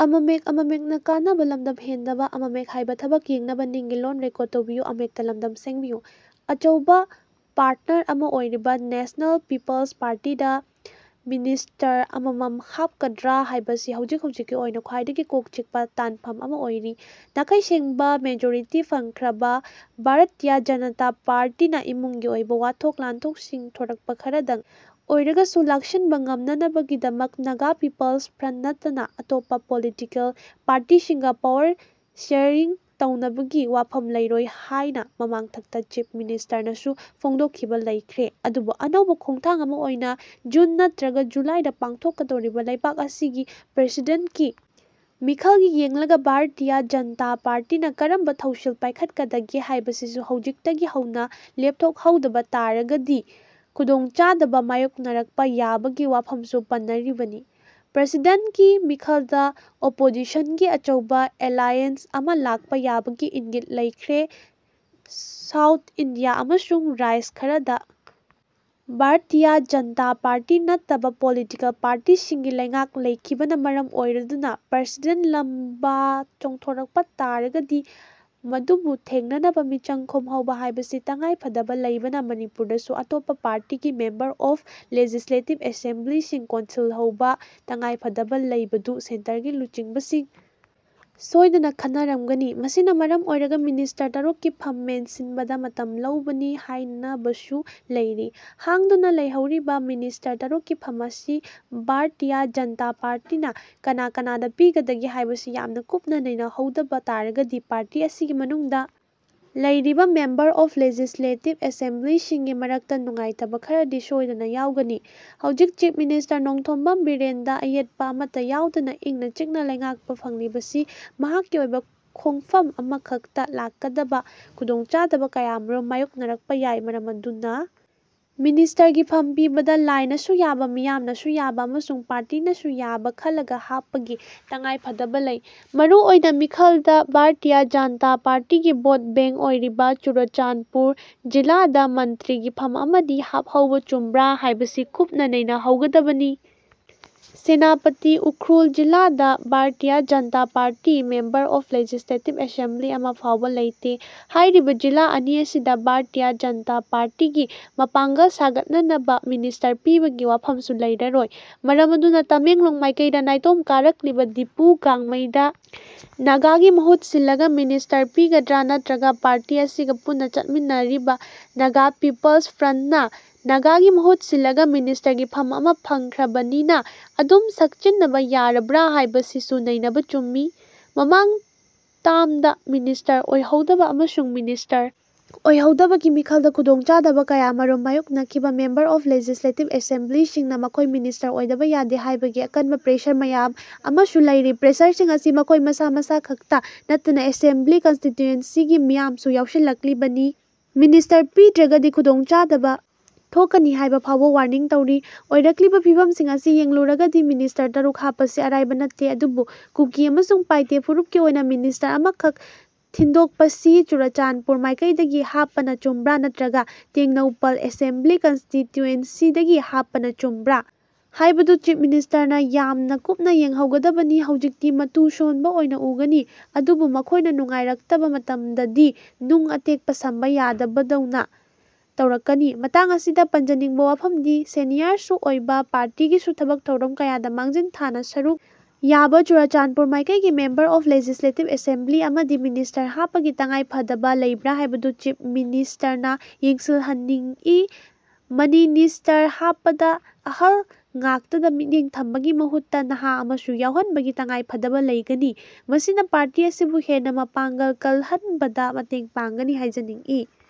ꯑꯆꯧꯕ ꯄꯥꯔꯠꯅꯔ ꯑꯃ ꯑꯣꯏꯔꯤꯕ ꯅꯦꯁꯅꯦꯜ ꯄꯤꯄꯜ꯭ꯁ ꯄꯥꯔꯇꯤꯗ ꯃꯤꯅꯤꯁꯇꯔ ꯑꯃꯃꯝ ꯍꯥꯞꯀꯗ꯭ꯔꯥ ꯍꯥꯏꯕꯁꯤ ꯍꯧꯖꯤꯛ ꯍꯧꯖꯤꯛꯀꯤ ꯑꯣꯏꯅ ꯈ꯭ꯋꯥꯏꯗꯒꯤ ꯀꯣꯛ ꯆꯤꯛꯄ ꯇꯥꯟꯐꯝ ꯑꯃ ꯑꯣꯏꯔꯤ꯫ ꯅꯥꯈꯩ ꯁꯦꯡꯕ ꯃꯦꯖꯣꯔꯤꯇꯤ ꯐꯪꯈ꯭ꯔꯕ ꯕꯥꯔꯇꯤꯌꯥ ꯖꯟꯇꯥ ꯄꯥꯔꯇꯤꯅ ꯏꯃꯨꯡꯒꯤ ꯑꯣꯏꯕ ꯋꯥꯊꯣꯛ ꯂꯥꯟꯊꯣꯛꯁꯤꯡ ꯊꯣꯔꯛꯄ ꯈꯔꯗꯪ ꯑꯣꯏꯔꯒꯁꯨ ꯂꯥꯛꯁꯤꯟꯕ ꯉꯝꯅꯅꯕꯒꯤꯗꯃꯛ ꯅꯥꯒꯥ ꯄꯤꯄꯜꯁ ꯐ꯭ꯔꯟꯠ ꯅꯠꯇꯅ ꯑꯇꯣꯞꯄ ꯄꯣꯂꯤꯇꯤꯀꯦꯜ ꯄꯥꯔꯇꯤꯁꯤꯡꯒ ꯄꯋꯥꯔ ꯁꯤꯌꯔꯤꯡ ꯇꯧꯅꯕꯒꯤ ꯋꯥꯐꯝ ꯂꯩꯔꯣꯏ ꯍꯥꯏꯅ ꯃꯃꯥꯡꯊꯛꯇ ꯆꯤꯐ ꯃꯤꯅꯤꯁꯇꯔꯅꯁꯨ ꯐꯣꯡꯗꯣꯛꯈꯤꯕ ꯂꯩꯈ꯭ꯔꯦ꯫ ꯑꯗꯨꯕꯨ ꯑꯅꯧꯕ ꯈꯣꯡꯊꯥꯡ ꯑꯃ ꯑꯣꯏꯅ ꯖꯨꯟ ꯅꯠꯇ꯭ꯔꯒ ꯖꯨꯂꯥꯏꯗ ꯄꯥꯡꯊꯣꯛꯀꯗꯧꯔꯤꯕ ꯂꯩꯕꯥꯛ ꯑꯁꯤꯒꯤ ꯄ꯭ꯔꯁꯤꯗꯦꯟꯠꯀꯤ ꯃꯤꯈꯜꯒꯤ ꯌꯦꯡꯂꯒ ꯕꯥꯔꯇꯤꯌꯥ ꯖꯟꯇꯥ ꯄꯥꯔꯇꯤꯅ ꯀꯔꯝꯕ ꯊꯧꯁꯤꯜ ꯄꯥꯏꯈꯠꯀꯗꯒꯦ ꯍꯥꯏꯕꯁꯤꯁꯨ ꯍꯧꯖꯤꯛꯇꯒꯤ ꯍꯧꯅ ꯂꯦꯞꯊꯣꯛꯍꯧꯗꯕ ꯇꯥꯔꯒꯗꯤ ꯈꯨꯗꯣꯡꯆꯥꯗꯕ ꯃꯥꯌꯣꯛꯅꯔꯛꯄ ꯌꯥꯕꯒꯤ ꯋꯥꯐꯝꯁꯨ ꯄꯟꯅꯔꯤꯕꯅꯤ꯫ ꯄ꯭ꯔꯁꯤꯗꯦꯟꯀꯤ ꯃꯤꯈꯜꯗ ꯑꯣꯄꯣꯖꯤꯁꯟꯒꯤ ꯑꯆꯧꯕ ꯑꯦꯂꯥꯏꯌꯦꯟꯁ ꯑꯃ ꯂꯥꯛꯄ ꯌꯥꯕꯒꯤ ꯏꯪꯒꯤꯠ ꯂꯩꯈ꯭ꯔꯦ꯫ ꯁꯥꯎꯠ ꯏꯟꯗꯤꯌꯥ ꯑꯃꯁꯡ ꯔꯥꯢꯖ ꯈꯔꯗ ꯕꯥꯔꯇꯤꯌꯥ ꯖꯟꯇꯥ ꯄꯥꯔꯇꯤ ꯅꯠꯇꯕ ꯄꯣꯂꯤꯇꯤꯀꯦꯜ ꯄꯥꯔꯇꯤꯁꯤꯡꯒꯤ ꯂꯩꯉꯥꯛ ꯂꯩꯈꯤꯕꯅ ꯃꯔꯝ ꯑꯣꯏꯔꯗꯨꯅ ꯄ꯭ꯔꯁꯤꯗꯦꯟ ꯂꯝꯕꯥ ꯆꯣꯡꯊꯣꯔꯛꯄ ꯇꯥꯔꯒꯗꯤ ꯃꯗꯨꯕꯨ ꯊꯦꯡꯅꯅꯕ ꯃꯤꯆꯪ ꯈꯣꯝꯍꯧꯕ ꯍꯥꯏꯕꯁꯤ ꯇꯉꯥꯏꯐꯗꯕ ꯂꯩꯕꯅ ꯃꯅꯤꯄꯨꯔꯗꯁꯨ ꯑꯇꯣꯞꯄ ꯄꯥꯔꯇꯤꯒꯤ ꯃꯦꯝꯕꯔ ꯑꯣꯐ ꯂꯦꯖꯤꯁꯂꯦꯇꯤꯚ ꯑꯦꯁꯦꯝꯕ꯭ꯂꯤꯁꯤꯡ ꯀꯣꯟꯁꯤꯜꯍꯧꯕꯒꯤ ꯇꯉꯥꯏꯐꯗꯕ ꯂꯩꯕꯗꯨ ꯁꯦꯟꯇꯔꯒꯤ ꯂꯨꯆꯤꯡꯕꯁꯤꯡ ꯁꯣꯏꯗꯅ ꯈꯟꯅꯔꯝꯒꯅꯤ꯫ ꯃꯁꯤꯅ ꯃꯔꯝ ꯑꯣꯏꯔꯒ ꯃꯤꯅꯤꯁꯇꯔ ꯇꯔꯨꯛꯀꯤ ꯐꯝ ꯃꯦꯟꯁꯤꯟꯕꯗ ꯃꯇꯝ ꯂꯧꯕꯅꯤ ꯍꯥꯏꯅꯕꯁꯨ ꯂꯩꯔꯤ꯫ ꯍꯥꯡꯗꯨꯅ ꯂꯩꯍꯧꯔꯤꯕ ꯃꯤꯅꯤꯁꯇꯔ ꯇꯔꯨꯛꯀꯤ ꯐꯝ ꯑꯁꯤ ꯕꯥꯔꯇꯤꯌꯥ ꯖꯟꯇꯥ ꯄꯥꯔꯇꯤꯅ ꯀꯅꯥ ꯀꯅꯥꯗ ꯄꯤꯒꯗꯒꯦ ꯍꯥꯏꯕꯁꯤ ꯌꯥꯝꯅ ꯀꯨꯞꯅ ꯅꯩꯅꯍꯧꯗꯕ ꯇꯥꯔꯒꯗꯤ ꯄꯥꯔꯇꯤ ꯑꯁꯤꯒꯤ ꯃꯅꯨꯡꯗ ꯂꯩꯔꯤꯕ ꯃꯦꯝꯕꯔ ꯑꯣꯐ ꯂꯦꯖꯤꯁꯂꯦꯇꯤꯚ ꯑꯦꯁꯦꯝꯕ꯭ꯂꯤꯁꯤꯡꯒꯤ ꯃꯔꯛꯇ ꯅꯨꯡꯉꯥꯏꯇꯕ ꯈꯔꯗꯤ ꯁꯣꯏꯗꯅ ꯌꯥꯎꯒꯅꯤ꯫ ꯍꯧꯖꯤꯛ ꯆꯤꯐ ꯃꯤꯅꯤꯁꯇꯔ ꯅꯣꯡꯊꯣꯝꯕꯝ ꯕꯤꯔꯦꯟꯗ ꯑꯌꯦꯠꯄ ꯑꯃꯠꯇ ꯌꯥꯎꯗꯅ ꯏꯪꯅ ꯆꯤꯛꯅ ꯂꯩꯉꯥꯛꯄ ꯐꯪꯂꯤꯕꯁꯤ ꯃꯍꯥꯛꯀꯤ ꯑꯣꯏꯕ ꯈꯣꯡꯐꯝ ꯑꯃꯈꯛꯇ ꯂꯥꯛꯀꯗꯕ ꯈꯨꯗꯣꯡꯆꯥꯗꯕ ꯀꯌꯥꯃꯔꯨꯝ ꯃꯥꯌꯣꯛꯅꯔꯛꯄ ꯌꯥꯏ꯫ ꯃꯔꯝ ꯑꯗꯨꯅ ꯃꯤꯅꯤꯁꯇꯔꯒꯤ ꯐꯝ ꯄꯤꯕꯗ ꯂꯥꯏꯅꯁꯨ ꯌꯥꯕ, ꯃꯤꯌꯥꯝꯅꯁꯨ ꯌꯥꯕ ꯑꯃꯁꯨꯡ ꯄꯥꯔꯇꯤꯅꯁꯨ ꯌꯥꯕ ꯈꯜꯂꯒ ꯍꯥꯞꯄꯒꯤ ꯇꯉꯥꯏꯐꯗꯕ ꯂꯩ꯫ ꯃꯔꯨ ꯑꯣꯏꯅ ꯃꯤꯈꯜꯗ ꯕꯥꯔꯇꯤꯌꯥ ꯖꯟꯇꯥ ꯄꯥꯔꯇꯤꯒꯤ ꯚꯣꯠ ꯕꯦꯡ ꯑꯣꯏꯔꯤꯕ ꯆꯨꯔꯥꯆꯥꯟꯄꯨꯔ ꯖꯤꯂꯥꯗ ꯃꯟꯇ꯭ꯔꯤꯒꯤ ꯐꯝ ꯑꯃꯗꯤ ꯍꯥꯞꯍꯧꯕ ꯆꯨꯝꯕ꯭ꯔꯥ ꯍꯥꯏꯕꯁꯤ ꯀꯨꯞꯅ ꯅꯩꯅꯍꯧꯒꯗꯕꯅꯤ꯫ ꯁꯦꯅꯥꯄꯇꯤ, ꯎꯈ꯭ꯔꯨꯜ ꯖꯤꯂꯥꯗ Bharatiya Janata Party member of legislative assembly ꯑꯃ ꯐꯥꯎꯕ ꯂꯩꯇꯦ꯫ ꯍꯥꯏꯔꯤꯕ ꯖꯤꯂꯥ ꯑꯅꯤꯁꯤꯗ ꯕꯥꯔꯇꯤꯌꯥ ꯖꯟꯇꯥ ꯄꯥꯔꯇꯤꯒꯤ ꯃꯄꯥꯡꯒꯜ ꯁꯥꯒꯠꯅꯅꯕ ꯃꯤꯅꯤꯁꯇꯔ ꯄꯤꯕꯒꯤ ꯋꯥꯐꯝꯁꯨ ꯂꯩꯔꯔꯣꯏ꯫ ꯃꯔꯝ ꯑꯗꯨꯅ ꯇꯃꯦꯡꯂꯣꯡ ꯃꯥꯏꯀꯩꯗ ꯅꯥꯏꯇꯣꯝ ꯀꯥꯔꯛꯂꯤꯕ ꯗꯤꯄꯨ ꯒꯥꯡꯃꯩꯗ ꯅꯥꯒꯥꯒꯤ ꯃꯍꯨꯠ ꯁꯤꯜꯂꯒ ꯃꯤꯅꯤꯁꯇꯔ ꯄꯤꯒꯗ꯭ꯔꯥ ꯅꯠꯇ꯭ꯔꯒ ꯄꯥꯔꯇꯤ ꯑꯁꯤꯒ ꯄꯨꯟꯅ ꯆꯠꯃꯤꯟꯅꯔꯤꯕ ꯅꯒꯥ ꯄꯤꯄꯜ꯭ꯁ ꯐ꯭ꯔꯟ꯭ꯇ ꯅ ꯅꯥꯒꯥꯒꯤ ꯃꯍꯨꯠ ꯁꯤꯜꯂꯒ ꯃꯤꯅꯤꯁꯇꯔꯒꯤ ꯐꯝ ꯑꯃ ꯐꯪꯈ꯭ꯔꯕꯅꯤꯅ ꯑꯗꯨꯝ ꯁꯛꯆꯤꯟꯅꯕ ꯌꯥꯔꯕ꯭ꯔꯥ ꯍꯥꯏꯕꯁꯤꯁꯨ ꯅꯩꯅꯕ ꯆꯨꯝꯃꯤ꯫ ꯃꯃꯥꯡ ꯇꯥꯔ꯭ꯃꯗ ꯃꯤꯅꯤꯁꯇꯔ ꯑꯣꯏꯍꯧꯗꯕ ꯑꯃꯁꯨꯡ ꯃꯤꯅꯤꯁꯇꯔ ꯑꯣꯏꯍꯧꯗꯕꯒꯤ ꯃꯤꯈꯜꯗ ꯈꯨꯗꯣꯡꯆꯥꯗꯕ ꯀꯌꯥꯃꯔꯨꯝ ꯃꯥꯌꯣꯛꯅꯈꯤꯕ ꯃꯦꯝꯕꯔ ꯑꯣꯐ ꯂꯦꯖꯤꯁꯂꯦꯇꯤꯚ ꯑꯦꯁꯦꯝꯕ꯭ꯂꯤꯁꯤꯡꯅ ꯃꯈꯣꯏ ꯃꯤꯅꯤꯁꯇꯔ ꯑꯣꯏꯗꯕ ꯌꯥꯗꯦ ꯍꯥꯏꯕꯒꯤ ꯑꯀꯟꯕ ꯄ꯭ꯔꯦꯁꯔ ꯃꯌꯥꯝ ꯑꯃꯁꯨ ꯂꯩꯔꯤ꯫ ꯄ꯭ꯔꯦꯁꯔꯁꯤꯡ ꯑꯁꯤ ꯃꯈꯣꯏ ꯃꯁꯥ ꯃꯁꯥꯈꯛꯇ ꯅꯠꯇꯅ ꯑꯦꯁꯦꯝꯕ꯭ꯂꯤ ꯀꯟꯁꯇꯤꯇꯨꯌꯦꯟꯁꯤꯒꯤ ꯃꯤꯌꯥꯝꯁꯨ ꯌꯥꯎꯁꯤꯜꯂꯛꯂꯤꯕꯅꯤ꯫ ꯃꯤꯅꯤꯁꯇꯔ ꯄꯤꯗ꯭ꯔꯒꯗꯤ ꯈꯨꯗꯣꯡ ꯆꯥꯗꯕ ꯊꯣꯛꯀꯅꯤ ꯍꯥꯏꯕ ꯐꯥꯎꯕ ꯋꯥꯔꯅꯤꯡ ꯇꯧꯔꯤ꯫ ꯑꯣꯏꯔꯛꯂꯤꯕ ꯐꯤꯚꯝꯁꯤꯡ ꯑꯁꯤ ꯌꯦꯡꯂꯨꯔꯒꯗꯤ ꯃꯤꯅꯤꯁꯇꯔ ꯇꯔꯨꯛ ꯍꯥꯞꯄꯁꯤ ꯑꯔꯥꯏꯕ ꯅꯠꯇꯦ꯫ ꯑꯗꯨꯕꯨ ꯀꯨꯀꯤ ꯑꯃꯁꯨꯡ ꯄꯥꯏꯇꯦ ꯐꯨꯔꯨꯞꯀꯤ ꯑꯣꯏꯅ ꯃꯤꯅꯤꯁꯇꯔ ꯑꯃꯈꯛ ꯊꯤꯟꯗꯣꯛꯄꯁꯤ ꯆꯨꯔꯥꯆꯥꯟꯄꯨꯔ ꯃꯥꯏꯀꯩꯗꯒꯤ ꯍꯥꯞꯄꯅ ꯆꯨꯝꯕ꯭ꯔꯥ ꯅꯠꯇ꯭ꯔꯒ ꯇꯦꯡꯅꯧꯄꯜ ꯑꯦꯁꯦꯝꯕ꯭ꯂꯤ ꯀꯟꯁꯇꯤꯇꯨꯌꯦꯟꯁꯤꯗꯒꯤ ꯍꯥꯞꯄꯅ ꯆꯨꯝꯕ꯭ꯔꯥ ꯍꯥꯏꯕꯗꯨ ꯆꯤꯐ ꯃꯤꯅꯤꯁꯇꯔꯅ ꯌꯥꯝꯅ ꯀꯨꯞꯅ ꯌꯦꯡꯍꯧꯒꯗꯕꯅꯤ꯫ ꯍꯧꯖꯤꯛꯇꯤ ꯃꯇꯨ ꯁꯣꯟꯕ ꯑꯣꯏꯅ ꯎꯒꯅꯤ꯫ ꯑꯗꯨꯕꯨ ꯃꯈꯣꯏꯅ ꯅꯨꯡꯉꯥꯏꯔꯛꯇꯕ ꯃꯇꯝꯗꯗꯤ ꯅꯨꯡ ꯑꯇꯦꯛꯄ ꯁꯝꯕ ꯌꯥꯗꯕꯗꯧꯅ ꯇꯧꯔꯛꯀꯅꯤ꯫ ꯃꯇꯥꯡ ꯑꯁꯤꯗ ꯄꯟꯖꯅꯤꯡꯕ ꯋꯥꯐꯝꯗꯤ, ꯁꯦꯅꯤꯌꯔꯁꯨ ꯑꯣꯏꯕ, ꯄꯥꯔꯇꯤꯒꯤꯁꯨ ꯊꯕꯛ ꯊꯧꯔꯝ ꯀꯌꯥꯗ ꯃꯥꯡꯖꯤꯟ ꯊꯥꯅ ꯁꯔꯨꯛ ꯌꯥꯕ ꯆꯨꯔꯥꯆꯥꯟꯄꯨꯔ ꯃꯥꯏꯀꯩꯒꯤ ꯃꯦꯝꯕꯔ ꯑꯣꯐ ꯂꯦꯖꯤꯁꯂꯦꯇꯤꯚ ꯑꯦꯁꯦꯝꯕ꯭ꯂꯤ ꯑꯃꯗꯤ ꯃꯤꯅꯤꯁꯇꯔ ꯍꯥꯞꯄꯒꯤ ꯇꯉꯥꯏꯐꯗꯕ ꯂꯩꯕ꯭ꯔꯥ ꯍꯥꯏꯕꯗꯨ ꯆꯤꯐ ꯃꯤꯅꯤꯁꯇꯔꯅ ꯌꯦꯡꯁꯤꯜꯍꯟꯅꯤꯡꯏ꯫ ꯃꯅꯤꯅꯤꯁꯇꯔ ꯍꯥꯞꯄꯗ ꯑꯍꯜ ꯉꯥꯛꯇꯗ ꯃꯤꯠꯌꯦꯡ ꯊꯝꯕꯒꯤ ꯃꯍꯨꯠꯇ ꯅꯍꯥ ꯑꯃꯁꯨ ꯌꯥꯎꯍꯟꯕꯒꯤ ꯇꯉꯥꯢꯐꯗꯕ ꯂꯩꯒꯅꯤ꯫ ꯃꯁꯤꯅ ꯄꯥꯔꯇꯤ ꯑꯁꯤꯕꯨ ꯍꯦꯟꯅ ꯃꯄꯥꯡꯒꯜ ꯀꯜꯍꯟꯕꯗ ꯃꯇꯦꯡ ꯄꯥꯡꯒꯅꯤ ꯍꯥꯏꯖꯅꯤꯡꯏ꯫